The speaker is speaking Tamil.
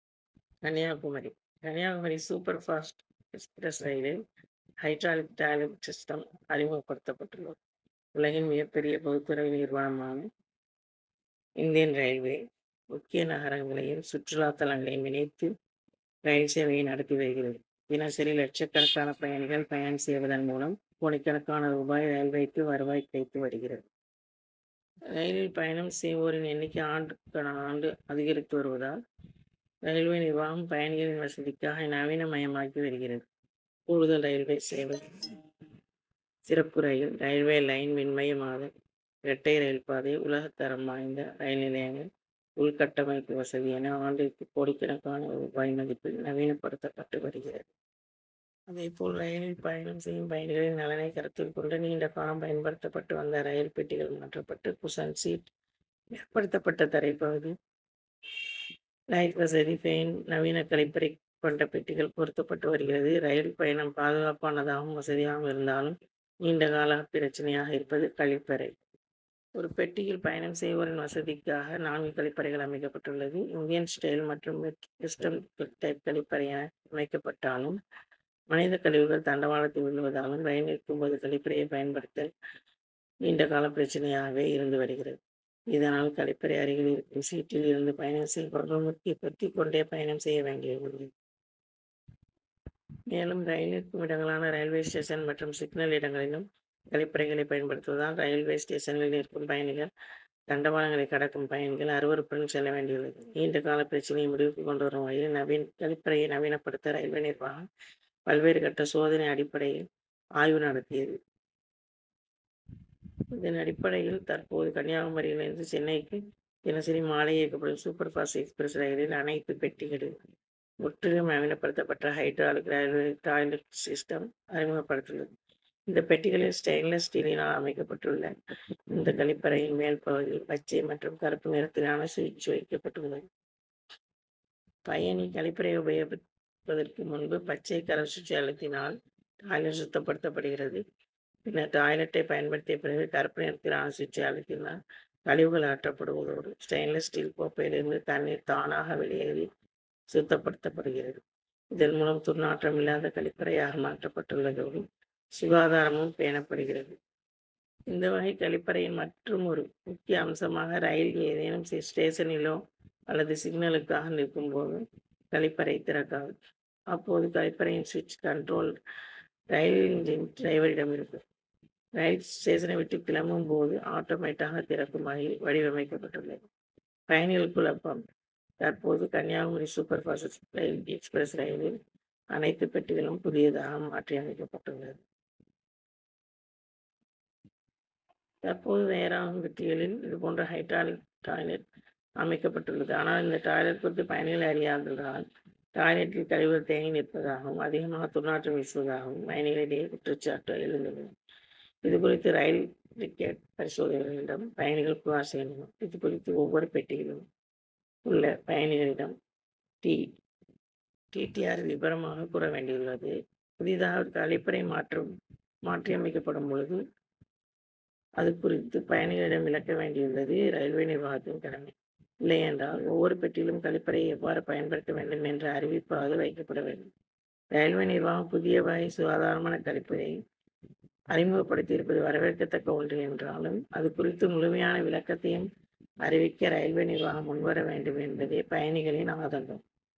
Kanyakumari Kanyakumari super fast express ரயிலில் ஹைட்ராலிக் டாய்லெட் சிஸ்டம் அறிமுகப்படுத்தப் பட்டுள்ளது. உலகின் மிகப்பெரிய பொதுதுறை நிறுவனமான இந்தியன் ரயில்வே முக்கிய நகரங்களையும் சுற்றுலா தலங்களையும் இணைத்து ரயில் சேவையை நடத்தி வருகிறது. தினசரி லட்சக்கணக்கான பயணிகள் பயணம் செய்வதன் மூலம் கோடிக்கணக்கான ரூபாய் ரயில்வேக்கு வருவாய் கிடைத்து வருகிறது. ரயிலில் பயணம் செய்வோரின் எண்ணிக்கை ஆண்டுக்காண்டு அதிகரித்து வருவதால், ரயில்வே நிர்வாகம் பயணிகளின் வசதிக்காக நவீனமயமாக்கி வருகிறது. கூடுதல் ரயில்சேவை, சிறப்பு ரயில், ரயில்வே லைன் மின்மயமாதல், இரட்டை ரயில்பாதை, உலகதரம் வாய்ந்த ரயில் நிலையங்கள், உள்கட்டமைப்பு வசதி என ஆண்டிற்கு கோடிக்கணக்கான ரூபாய் மதிப்பில் நவீனபடுத்தப்பட்டு வருகிறது. அதேபோல் ரயிலில் பயணம் செய்யும் பயணிகளின் நலனை கருத்தில் கொண்டு நீண்டகாலம் பயன்படுத்தப்பட்டு வந்த ரயில் பெட்டிகள் மாற்றப்பட்டு குஷன் சீட், மேம்படுத்தப்பட்ட தரைபகுதி, லைட் வசதி, பேன், நவீன கழிப்பறை கொண்ட பெட்டிகள் பொருத்தப்பட்டு வருகிறது. ரயில் பயணம் பாதுகாப்பானதாகவும், வசதியாகவும் இருந்தாலும், நீண்டகால பிரச்னையாக இருப்பது கழிப்பறை. ஒரு பெட்டியில் பயணம் செய்வோரின் வசதிக்காக நான்கு கழிப்பறைகள் அமைக்கப்பட்டுள்ளது. இந்தியன் ஸ்டைல் மற்றும் வெஸ்டன் டைப் கழிப்பறை என அமைக்கப்பட்டாலும், மனித கழிவுகள் தண்டவாளத்தில் விழுவதாலும் ரயில் நிற்கும்போது கழிப்பறையை பயன்படுத்தல் நீண்டகால பிரச்னையாகவே இருந்து வருகிறது. இதனால் கழிப்பறை அருகில் இருக்கும் சீட்டில் இருந்து பயணம் செய்பவர்கள் மூக்கை பொத்திக்கொண்டே பயணம் செய்ய வேண்டியுள்ளது. மேலும் ரயில் நிற்கும் இடங்களான ரயில்வே ஸ்டேஷன் மற்றும் சிக்னல் இடங்களிலும் கழிப்பறைகளை பயன்படுத்துவதால், ரயில்வே ஸ்டேஷன்களில் நிற்கும் பயணிகள் தண்டவாளங்களை கடக்கும் பயணிகள் அருவருப்புடன் செல்ல வேண்டியுள்ளது. நீண்டகால பிரச்னையை முடிவுக்கு கொண்டுவரும் வகையில் கழிப்பறையை நவீனபடுத்த ரயில்வே நிர்வாகம் பல்வேறு கட்ட சோதனை அடிப்படையில் ஆய்வு நடத்தியது. இதனடிப்படையில் தற்போது கன்னியாகுமரியிலிருந்து சென்னைக்கு தினசரி மாலை இயக்கப்படும் சூப்பர் பாஸ்ட் எக்ஸ்பிரஸ் ரயிலில் அனைத்து பெட்டிகளிலும் முற்றிலும் நவீனபடுத்தப்பட்ட ஹைட்ராலிக் டாய்லெட் சிஸ்டம் அறிமுகப்படுத்தப் பட்டுள்ளது. இந்த பெட்டிகளில் ஸ்டெயின்லெஸ் ஸ்டீலினால் வடிவமைக்கப்பட்டுள்ள இந்த கழிப்பறையின் மேல் பகுதியில் பச்சை மற்றும் கறுப்பு நிறத்திலான சுவிட்ச் வைக்கப்பட்டுள்ளது. பயணி கழிப்பறையை உபயோகிப்பதற்கு முன்பு பச்சை கலர் சுவிட்சை அமுத்தினால் டாய்லெட் சுத்தப்படுத்தப்படுகிறது. பின்னர் டாய்லெட்டை பயன்படுத்திய பிறகு கறுப்பு நிறத்திலான சுவிட்சை அமுத்தினால் கழிவுகள் அகற்றப்படுவதோடு, ஸ்டெயின்லெஸ் ஸ்டீல் கோப்பையில் இருந்து தண்ணீர் தானாக வெளியேறி சுத்தப்படுத்தப்படுகிறது. இதன்மூலம் துர்நாற்றம் இல்லாத கழிப்பறையாக மாற்றப்பட்டுள்ளதோடு, சுகாதாரமும் பேணப்படுகிறது. இந்த வகை கழிப்பறையின் மற்றுமொரு முக்கிய அம்சமாக ரயில் ஏதேனும் ஸ்டேஷனிலோ அல்லது சிக்னலுக்காக நிற்கும்போதோ, கழிப்பறை திறக்காது. அப்போது கழிப்பறையின் சுவிட்ச் கண்ட்ரோல் ரயில் இன்ஜின் டிரைவரிடம் இருக்கும். ரயில் ஸ்டேஷனைவிட்டு கிளம்பும்போது ஆட்டோமேட்டாக திறக்கும் வகையில் வடிவமைக்கப்பட்டுள்ளது. பயணிகள் குழப்பம் தற்போது கன்னியாகுமரி சூப்பர் பாஸ்ட் எக்ஸ்பிரஸ் ரயிலில் அனைத்து பெட்டிகளும் புதிதாக மாற்றியமைக்கப்பட்டுள்ளது. தற்போது தயாராகும் பெட்டிகளில் இதுபோன்ற ஹைட்ராலிக் டாய்லெட் அமைக்கப்பட்டுள்ளது. ஆனால் இந்த டாய்லெட் குறித்து பயணிகள் அறியாததால் டாய்லெட்டில் கழிவுகள் தேங்கி நிற்பதாகவும், அதிகமாக துர்நாற்றம் வீசுவதாகவும் பயணிகளிடையே குற்றசாட்டு எழுந்துள்ளது. இதுகுறித்து ரயில் டிக்கெட் பரிசோதகர்களிடம் பயணிகள் புகார் செய்கின்றனர். இது குறித்து ஒவ்வொரு பெட்டிகளிலும் உள்ள பயணிகளிடம் டி. டி.டி. ஆர். விபரமாக கூறவேண்டியுள்ளது. புதிதாக கழிப்பறை மாற்றியமைக்கப்படும்போது அது குறித்து பயணிகளிடம் விளக்க வேண்டியுள்ளது ரயில்வே நிர்வாகத்தின் கடமை. இல்லையென்றால் ஒவ்வொரு பெட்டியிலும் கழிப்பறையை எவ்வாறு பயன்படுத்தவேண்டும் என்ற அறிவிப்பாவது வைக்கப்பட வேண்டும். ரயில்வே நிர்வாகம் புதியவகை சுகாதாரமான கழிப்பறையை அறிமுகப்படுத்தியிருப்பது வரவேற்கதக்க ஒன்று என்றாலும் அது குறித்த முழுமையான விளக்கத்தையும் அறிவிக்க ரயில்வே நிர்வாகம் முன்வரவேண்டும் என்பதே பயணிகளின் ஆதங்கம்.